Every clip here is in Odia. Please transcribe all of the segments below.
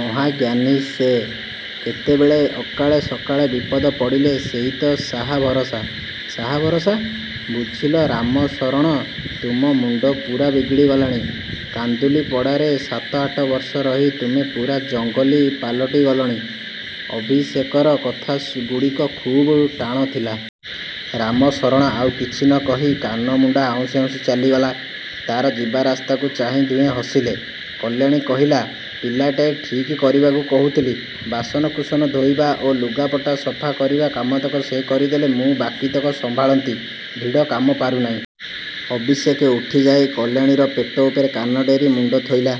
ମହାଜ୍ଞାନୀ ସେ। କେତେବେଳେ ଅକାଳେ ସକାଳେ ବିପଦ ପଡ଼ିଲେ ସେଇ ତ ସାହା ଭରସା। ': ସାହା ଭରସା? ବୁଝିଲ ରାମଶରଣ, ତମ ମୁଣ୍ଡ ପୂରା ବିଗିଡ଼ିଗଲାଣି। କାନ୍ଦୁଲିପଡ଼ାରେ ସାତ ଆଠ ବର୍ଷ ରହି ତମେ ପୂରା ଜଙ୍ଗଲୀ ପାଲଟିଗଲଣି! ଅଭିଷେକର କଥାଗୁଡ଼ିକ ଖୁବ୍ ଟାଣ ଥିଲା। ରାମଶରଣ ଆଉ କିଛି ନ କହି। କାନମୁଣ୍ଡା ଆଉଁଶି ଆଉଁଶି ଚାଲିଗଲା। ତାର ଯିବାରାସ୍ତାକୁ ଚାହିଁ ଦୁହେଁ ହସିଲେ। କଲ୍ୟାଣୀ କହିଲା, "ପିଲାଟାଏ ଠିକ୍ କରିବାକୁ କହୁଥିଲି। ବାସନକୁସନ ଧୋଇବା ଓ ଲୁଗାପଟା ସଫା କରିବା କାମତକ ସେ କରିଦେଲେ ମୁଁ ବାକିତକ ସମ୍ଭାଳନ୍ତି। ଭିଡ଼ କାମ ପାରୁନାହିଁ-। " ଅଭିଷେକ ଉଠିଯାଇ କଲ୍ୟାଣୀର ପେଟ ଉପରେ କାନ ଡେରି ମୁଣ୍ଡ ଥୋଇଲା।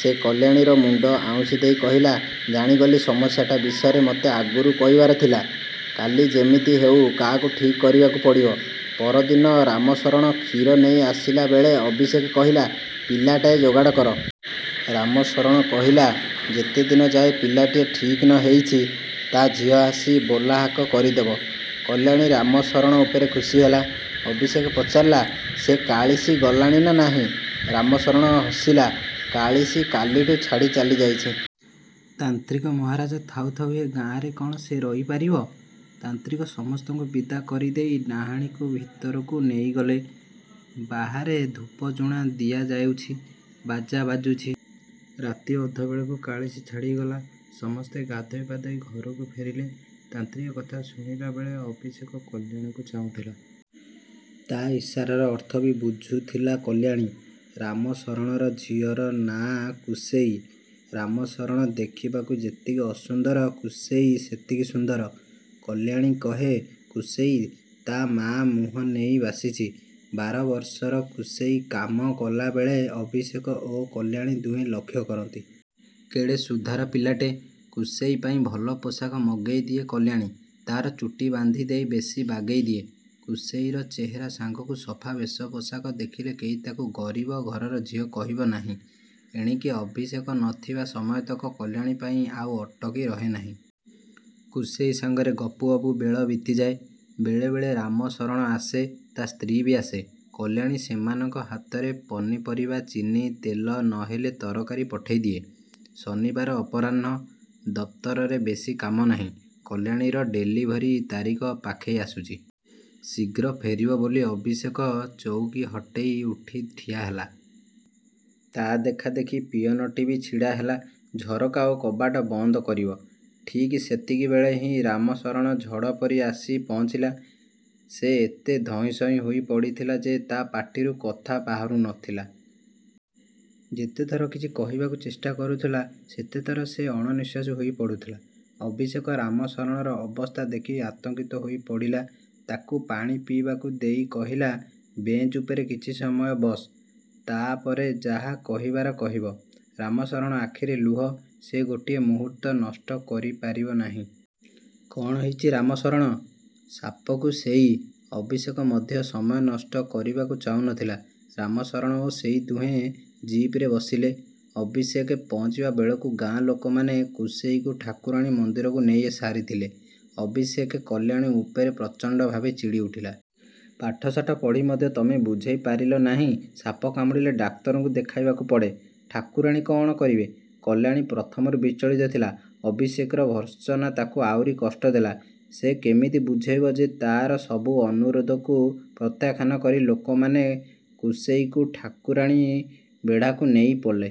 ସେ କଲ୍ୟାଣୀର ମୁଣ୍ଡ ଆଉଁଶି ଦେଇ କହିଲା, "ଜାଣିଗଲି, ସମସ୍ୟାଟା ବିଷୟରେ ମୋତେ ଆଗରୁ କହିବାର ଥିଲା। କାଲି ଯେମିତି ହେଉ କାହାକୁ ଠିକ୍ କରିବାକୁ ପଡ଼ିବ। " ପରଦିନ ରାମଶରଣ କ୍ଷୀର ନେଇ ଆସିଲାବେଳେ ଅଭିଷେକ କହିଲା, "ପିଲାଟାଏ ଯୋଗାଡ଼ କର। " ରାମଶରଣ କହିଲା, "ଯେତେଦିନ ଯାଏ ପିଲାଟିଏ ଠିକ୍ ନ ହେଇଛି ତା ଝିଅ ଆସି ବୋଲହାକ କରିଦେବ। " କଲ୍ୟାଣୀ ରାମଶରଣ ଉପରେ ଖୁସି ହେଲା। ଅଭିଷେକ ପଚାରିଲା, "ସେ କାଳିଶୀ ଗଲାଣି ନା ନାହିଁ? " ରାମଶରଣ ହସିଲା। କାଳିଶୀ କାଲିଠୁ ଛାଡ଼ି ଚାଲିଯାଇଛି। ତାନ୍ତ୍ରିକ ମହାରାଜ ଥାଉ ଥାଉ ଏ ଗାଆଁରେ କଣ ସେ ରହି ପାରିବ? ତାନ୍ତ୍ରିକ ସମସ୍ତଙ୍କୁ ବିଦା କରିଦେଇ ଡାଆଣୀକୁ ଭିତରକୁ ନେଇଗଲେ। ବାହାରେ ଧୂପଝୁଣା ଦିଆଯାଉଛି, ବାଜା ବାଜୁଛି। ରାତି ଅଧବେଳକୁ କାଳିଶୀ ଛାଡ଼ିକି ଗଲା। ସମସ୍ତେ ଗାଧୋଇ ପାଧୋଇ ଘରକୁ ଫେରିଲେ। ତାନ୍ତ୍ରିକ କଥା ଶୁଣିଲାବେଳେ ଅଭିଷେକ କଲ୍ୟାଣୀକୁ ଚାହୁଁଥିଲା। ତା ଇସାରାର ଅର୍ଥ ବି ବୁଝୁଥିଲା କଲ୍ୟାଣୀ। ରାମଶରଣର ଝିଅର ନାଆଁ କୁସେଇ। ରାମଶରଣ ଦେଖିବାକୁ ଯେତିକି ଅସୁନ୍ଦର କୁସେଇ ସେତିକି ସୁନ୍ଦର। କଲ୍ୟାଣୀ କହେ, କୁସେଇ ତା ମା ମୁହଁ ନେଇ ଆସିଛି। ବାର ବର୍ଷର କୁସେଇ କାମ କଲାବେଳେ ଅଭିଷେକ ଓ କଲ୍ୟାଣୀ ଦୁହେଁ ଲକ୍ଷ୍ୟ କରନ୍ତି-। କେଡ଼େ ସୁଧାର ପିଲାଟେ! କୁସେଇ ପାଇଁ ଭଲ ପୋଷାକ ମଗେଇ ଦିଏ କଲ୍ୟାଣୀ। ତାର ଚୁଟି ବାନ୍ଧି ଦେଇ ବେଣୀ ବାଗେଇ ଦିଏ। କୁସେଇର ଚେହେରା ସାଙ୍ଗକୁ ସଫା ବେଶପୋଷାକ ଦେଖିଲେ କେହି ତାକୁ ଗରିବ ଘରର ଝିଅ କହିବ ନାହିଁ। ଏଣିକି ଅଭିଷେକ ନ ଥିବା ସମୟତକ କଲ୍ୟାଣୀ ପାଇଁ ଆଉ ଅଟକି ରହେ ନାହିଁ। କୁସେଇ ସାଙ୍ଗରେ ଗପୁ ଗପୁ ବେଳ ବିତିଯାଏ। ବେଳେବେଳେ ରାମଶରଣ ଆସେ, ତା ସ୍ତ୍ରୀ ବି ଆସେ। କଲ୍ୟାଣୀ ସେମାନଙ୍କ ହାତରେ ପନିପରିବା, ଚିନି, ତେଲ ନହେଲେ ତରକାରି ପଠେଇ ଦିଏ। ଶନିବାର ଅପରାହ୍ଣ। ଦପ୍ତରରେ ବେଶୀ କାମ ନାହିଁ। କଲ୍ୟାଣୀର ଡେଲିଭରି ତାରିଖ ପାଖେଇ ଆସୁଛି। ଶୀଘ୍ର ଫେରିବ ବୋଲି ଅଭିଷେକ ଚଉକୀ ହଟେଇ ଉଠି ଠିଆହେଲା। ତା ଦେଖାଦେଖି ପିଅନଟି ବି ଛିଡ଼ାହେଲା, ଝରକା ଓ କବାଟ ବନ୍ଦ କରିବ। ଠିକ୍ ସେତିକିବେଳେ ହିଁ ରାମଶରଣ ଝଡ଼ ପରି ଆସି ପହଞ୍ଚିଲା। ସେ ଏତେ ଧଇଁସଇଁ ହୋଇ ପଡ଼ିଥିଲା ଯେ ତା ପାଟିରୁ କଥା ବାହାରୁ ନଥିଲା। ଯେତେଥର କିଛି କହିବାକୁ ଚେଷ୍ଟା କରୁଥିଲା, ସେତେଥର ସେ ଅଣନିଃଶ୍ୱାସୀ ହୋଇ ପଡ଼ୁଥିଲା। ଅଭିଷେକ ରାମଶରଣର ଅବସ୍ଥା ଦେଖି ଆତଙ୍କିତ ହୋଇପଡ଼ିଲା। ତାକୁ ପାଣି ପିଇବାକୁ ଦେଇ କହିଲା, 'ବେଞ୍ଚ ଉପରେ କିଛି ସମୟ ବସ। ତାପରେ ଯାହା କହିବାର କହିବ। ' ରାମଶରଣ ଆଖିରେ ଲୁହ, ସେ ଗୋଟାଏ ମୁହୂର୍ତ୍ତ ନଷ୍ଟ କରିପାରିବ ନାହିଁ।: କଣ ହେଇଛି ରାମଶରଣ?: ସା-ପ, କୁ-ସେ-ଇ। ଅଭିଷେକ ମଧ୍ୟ ସମୟ ନଷ୍ଟ କରିବାକୁ ଚାହୁଁନଥିଲା। ରାମଶରଣ ଓ ସେ ଦୁହେଁ ଜିପରେ ବସିଲେ। ଅଭିଷେକ ପହଞ୍ଚିବା ବେଳକୁ ଗାଁ ଲୋକମାନେ କୁସେଇକୁ ଠାକୁରାଣୀ ମନ୍ଦିରକୁ ନେଇ ସାରିଥିଲେ। ଅଭିଷେକ କଲ୍ୟାଣୀ ଉପରେ ପ୍ରଚଣ୍ଡ ଭାବେ ଚିଡ଼ି ଉଠିଲା। 'ପାଠଶାଠ ପଢ଼ି ମଧ୍ୟ ତମେ ବୁଝେଇ ପାରିଲ ନାହିଁ, ସାପ କାମୁଡ଼ିଲେ ଡାକ୍ତରଙ୍କୁ ଦେଖାଇବାକୁ ପଡ଼େ। ଠାକୁରାଣୀ କଣ କରିବେ? ' କଲ୍ୟାଣୀ ପ୍ରଥମରୁ ବିଚଳିତ ଥିଲା। ଅଭିଷେକର ଭର୍ତ୍ସନା ତାକୁ ଆହୁରି କଷ୍ଟ ଦେଲା। ସେ କେମିତି ବୁଝେଇବ ଯେ ତା'ର ସବୁ ଅନୁରୋଧକୁ ପ୍ରତ୍ୟାଖ୍ୟାନ କରି ଲୋକମାନେ କୁସେଇକୁ ଠାକୁରାଣୀ ବେଢ଼ାକୁ ନେଇ ଗଲେ।